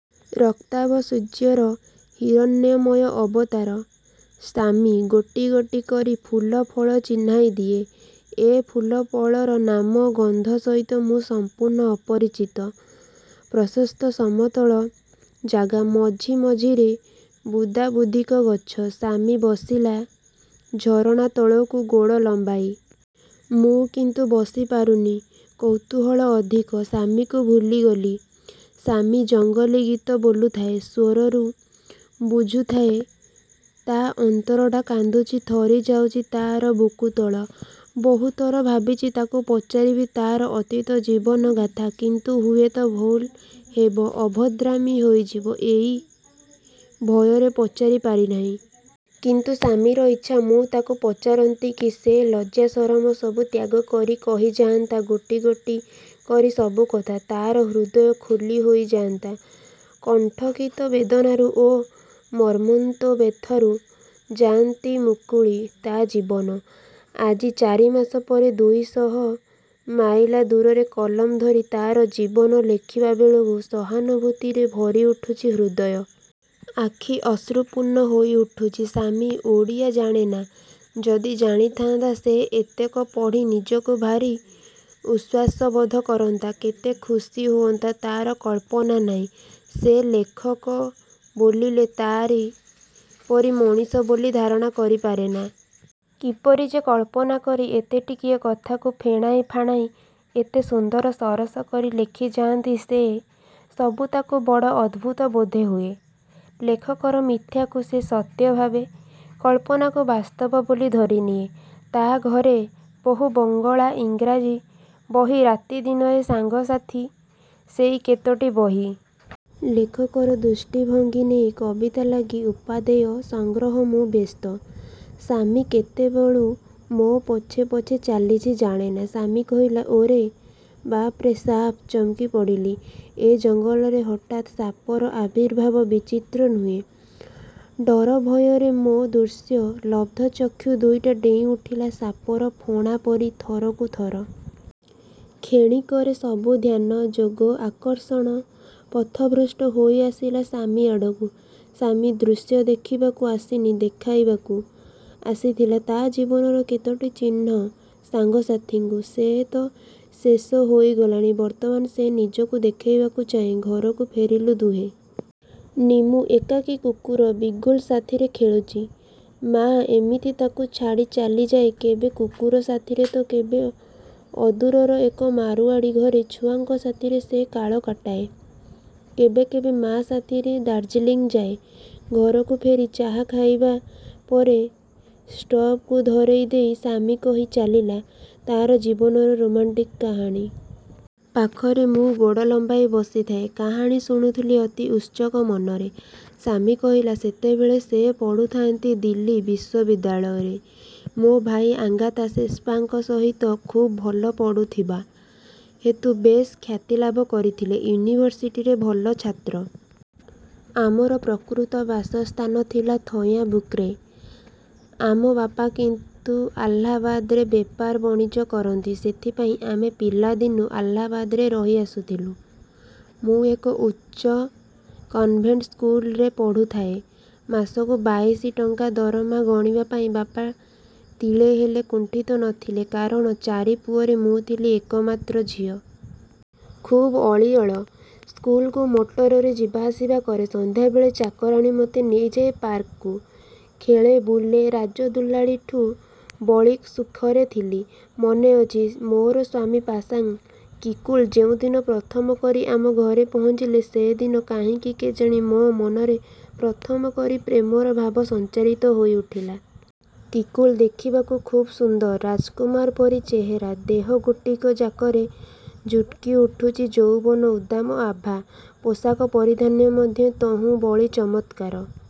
ରକ୍ତାଭ ସୂର୍ଯ୍ୟର ହିରଣ୍ମୟ ଅବତାର। ଶାମ୍ମି ଗୋଟି ଗୋଟି କରି ଫୁଲ ଫଳ ଚିହ୍ନେଇ ଦିଏ। ଏ ଫୁଲ ଫଳର ନାମ ଗନ୍ଧ ସହିତ ମୁଁ ସମ୍ପୂର୍ଣ୍ଣ ଅପରିଚିତ। ପ୍ରଶସ୍ତ ସମତଳ ଜାଗା। ମଝି ମଝିରେ ବୁଦାବୁଦିକା ଗଛ। ଶାମ୍ମି ବସିଲା ଝରଣା ତଳକୁ ଗୋଡ଼ ଲମ୍ବେଇ। ମୁଁ କିନ୍ତୁ ବସି ପାରୁନି। କୌତୁହଳ ଅଧିକ। ଶାମ୍ମିକୁ ଭୁଲିଗଲି। ଶାମ୍ମି ଜଙ୍ଗଲି ଗୀତ ବୋଲୁଥାଏ। ସ୍ୱରରୁ ବୁଝୁଥାଏ ତା ଅନ୍ତରଟା କାନ୍ଦୁଚି ଥରି ଯାଉଚି ତାର ବୁକୁତଳ। ବହୁଥର ଭାବିଚି ତାକୁ ପଚାରିବି ତାର ଅତୀତ ଜୀବନ ଗାଥା। କିନ୍ତୁ ହୁଏତ ଭୁଲ ହେବ, ଅଭଦ୍ରାମି ହୋଇଯିବ, ଏଇ ଭୟରେ ପଚାରି ପାରି ନାହିଁ। କିନ୍ତୁ ଶାମ୍ମିର ଇଚ୍ଛା ମୁଁ ତାକୁ ପଚାରନ୍ତିକି ସେ ଲଜ୍ଜା ସରମ ସବୁ ତ୍ୟାଗ କରି କହିଯାଆନ୍ତା ଗୋଟି ଗୋଟି କରି ସବୁକଥା। ତାର ହୃଦୟ ଖୋଲି ହୋଇଯାଆନ୍ତା କଣ୍ଟକିତ ବେଦନାରୁ ଓ ମର୍ମନ୍ତୁଦ ବ୍ୟଥାରୁ। ଯାଆନ୍ତି ମୁକୁଳି ତା ଜୀବନ। ଆଜି ଚାରିମାସ ପରେ ଦୁଇ ଶହ ମାଇଲ ଦୂରରେ କଲମ ଧରି ତାର ଜୀବନୀ ଲେଖିବା ବେଳକୁ ସହାନୁଭୂତିରେ ଭରି ଉଠୁଛି ହୃଦୟ। ଆଖି ଅଶ୍ରୁପୂର୍ଣ୍ଣ ହୋଇ ଉଠୁଛି। ଶାମ୍ମି ଓଡ଼ିଆ ଜାଣେନା। ଯଦି ଜାଣିଥାଆନ୍ତା ସେ ଏତକ ପଢ଼ି ନିଜକୁ ଭାରି ଉଶ୍ୱାସ ବୋଧ କରନ୍ତା କେତେ ଖୁସି ହୁଅନ୍ତା ତାର କଳ୍ପନା ନାହିଁ। ସେ ଲେଖକ ବୋଲିଲେ ତାରି ପରି ମଣିଷ ବୋଲି ଧାରଣା କରି ପାରେନା। କିପରି ଯେ କଳ୍ପନା କରି ଏତେ ଟିକିଏ କଥାକୁ ଫେଣେଇ ଫାଣେଇ ଏତେ ସୁନ୍ଦର ସରସ କରି ଲେଖିଯାଆନ୍ତି ସେ ସବୁ ତାକୁ ବଡ଼ ଅଦ୍ଭୁତ ବୋଧହୁଏ! ଲେଖକର ମିଥ୍ୟାକୁ ସେ ସତ୍ୟ ଭାବେ, କଳ୍ପନାକୁ ବାସ୍ତବ ବୋଲି ଧରିନିଏ। ତା ଘରେ ବହୁ ବଙ୍ଗଳା ଇଂରେଜୀ ବହି ରାତି ଦିନର ସାଙ୍ଗ ସାଥୀ ସେଇ କେତୋଟି ବହି। ଲେଖକର ଦୃଷ୍ଟି ଭଙ୍ଗି ନେଇ କବିତା ଲାଗି ଉପାଦେୟ ସଂଗ୍ରହରେ ମୁଁ ବ୍ୟସ୍ତ। ଶାମ୍ମି କେତେବେଳୁ ମୋ ପଛେ ପଛେ ଚାଲିଚି ଜାଣେନା! ଶାମ୍ମି କହିଲା ଓରେ! ବାପ୍ ରେ ସାପ୍। ଚମକି ପଡ଼ିଲି! ଏ ଜଙ୍ଗଲରେ ହଠାତ୍ ସାପର ଆବିର୍ଭାବ ବିଚିତ୍ର ନୁହେଁ! ଡରଭୟରେ ମୋ ଦୃଶ୍ୟ ଲବ୍ଧଚକ୍ଷୁ ଦୁଇଟି ଡେଇଁ ଉଠିଲା ସାପର ଫଣା ପରି ଥରକୁ ଥର। କ୍ଷଣିକରେ ସବୁ ଧ୍ୟାନ, ଯୋଗ, ଆକର୍ଷଣ ପଥଭ୍ରଷ୍ଟ ହୋଇ ଆସିଲା ଶାମ୍ମି ଆଡ଼କୁ। ଶାମ୍ମି ଦୃଶ୍ୟ ଦେଖିବାକୁ ଆସିନି ଦେଖାଇବାକୁ ଆସିଥିଲା ତା ଜୀବନରେ କେତୋଟି ଚିହ୍ନ ସାଙ୍ଗ ସାଥିଙ୍କୁ। ସେ ତ ଶେଷ ହୋଇଗଲାଣି। ବର୍ତ୍ତମାନ ସେ ନିଜକୁ ଦେଖାଇବାକୁ ଚାହେଁ। ଘରକୁ ଫେରିଲୁ ଦୁହେଁ। ନିମ୍ମୁ ଏକାକୀ କୁକୁର ବିଗୁଲ୍ ସାଥିରେ ଖେଳୁଚି। ମାଆ ଏମିତି ତାକୁ ଛାଡ଼ି ଚାଲିଯାଏ କେବେ କୁକୁର ସାଥିରେ ତ କେବେ ଅଦୂରର ଏକ ମାରୁଆଡ଼ୀ ଘରେ ଛୁଆଙ୍କ ସାଥିରେ ସେ କାଳ କଟାଏ। କେବେ କେବେ ମାଆ ସାଥିରେ ଦାର୍ଜିଲିଂ ଯାଏ। ଘରକୁ ଫେରି ଚାହା ଖାଇବା ପରେ ଷ୍ଟୋଭକୁ ଧରେଇ ଦେଇ ଶାମ୍ମି କହି ଚାଲିଲା ତାର ଜୀବନର ରୋମାଣ୍ଟିକ୍ କାହାଣୀ। ପାଖରେ ମୁଁ ଗୋଡ଼ ଲମ୍ବେଇ ବସିଥାଏ। କାହାଣୀ ଶୁଣୁଥିଲି ଅତି ଉତ୍ସୁକ ମନରେ। ଶାମ୍ମି କହିଲା, "ସେତେବେଳେ ସେ ପଡ଼ୁଥାଆନ୍ତି ଦିଲ୍ଲୀ ବିଶ୍ୱବିଦ୍ୟାଳୟରେ ମୋ ଭାଇ ଆଙ୍ଗାତ ସେପ୍ପାଙ୍କ ସହିତ। ଖୁବ୍ ଭଲ ପଢ଼ୁଥିବା। ହେତୁ ବେଶ୍ ଖ୍ୟାତି ଲାଭ କରିଥିଲେ ୟୁନିଭରସିଟିର ଭଲ ଛାତ୍ର। ଆମର ପ୍ରକୃତ ବାସସ୍ଥାନ ଥିଲା ଥୟାଁବୁକ୍ ରେ। ଆମ ବାପା କିନ୍ତୁ ଆଲାହାବାଦରେ ବେପାର ବଣିଜ କରନ୍ତି। ସେଥିପାଇଁ ଆମେ ପିଲାଦିନୁ ଆଲାହାବାଦରେ ରହି ଆସିଥିଲୁ। ମୁଁ ଏକ ଉଚ୍ଚ କନଭେଣ୍ଟ ସ୍କୁଲରେ ପଢ଼ୁଥାଏ। ମାସକୁ ବାଇଶି ଟଙ୍କା ଦରମା ଗଣିବା ପାଇଁ ବାପା ତିଳେ ହେଲେ କୁଣ୍ଠିତ ନ ଥିଲେ; କାରଣ ଚାରି ପୁଅରେ ମୁଁ ଥିଲି ଏକମାତ୍ର ଝିଅ। ଖୁବ୍ ଅଳିଅଳ। ସ୍କୁଲକୁ ମଟରରେ ଯିବାଆସିବା କରେ। ସନ୍ଧ୍ୟାବେଳେ ଚାକରାଣୀ ମତେ ନେଇଯାଏ ପାର୍କକୁ। ଖେଳେ, ବୁଲେ; ରାଜଦୁଳାଲୀଠୁ ବଳି ସୁଖରେ ଥିଲି। ମନେ ଅଛି, ମୋର ସ୍ୱାମୀ ପାସାଙ୍ଗ କିକୁଲି ଯେଉଁଦିନ ପ୍ରଥମ କରି ଆମ ଘରେ ପହଞ୍ଚିଲେ ସେ ଦିନ କାହିଁକି କେଜାଣି ମୋ ମନରେ ପ୍ରଥମେ କରି ପ୍ରେମର ଭାବ ସଞ୍ଚାରିତ ହୋଇ ଉଠିଲା। ଟିକୁଲ ଦେଖିବାକୁ ଖୁବ୍ ସୁନ୍ଦର। ରାଜକୁମାର ପରି ଚେହେରା। ଦେହ ଗୋଟିକ ଯାକରେ ଝୁଟକି ଉଠୁଚି ଯୌବନର ଉଦ୍ଦାମ ଆଭା। ପୋଷାକ ପରିଧାନ ମଧ୍ୟ ତହୁଁ ବଳି ଚମତ୍କାର।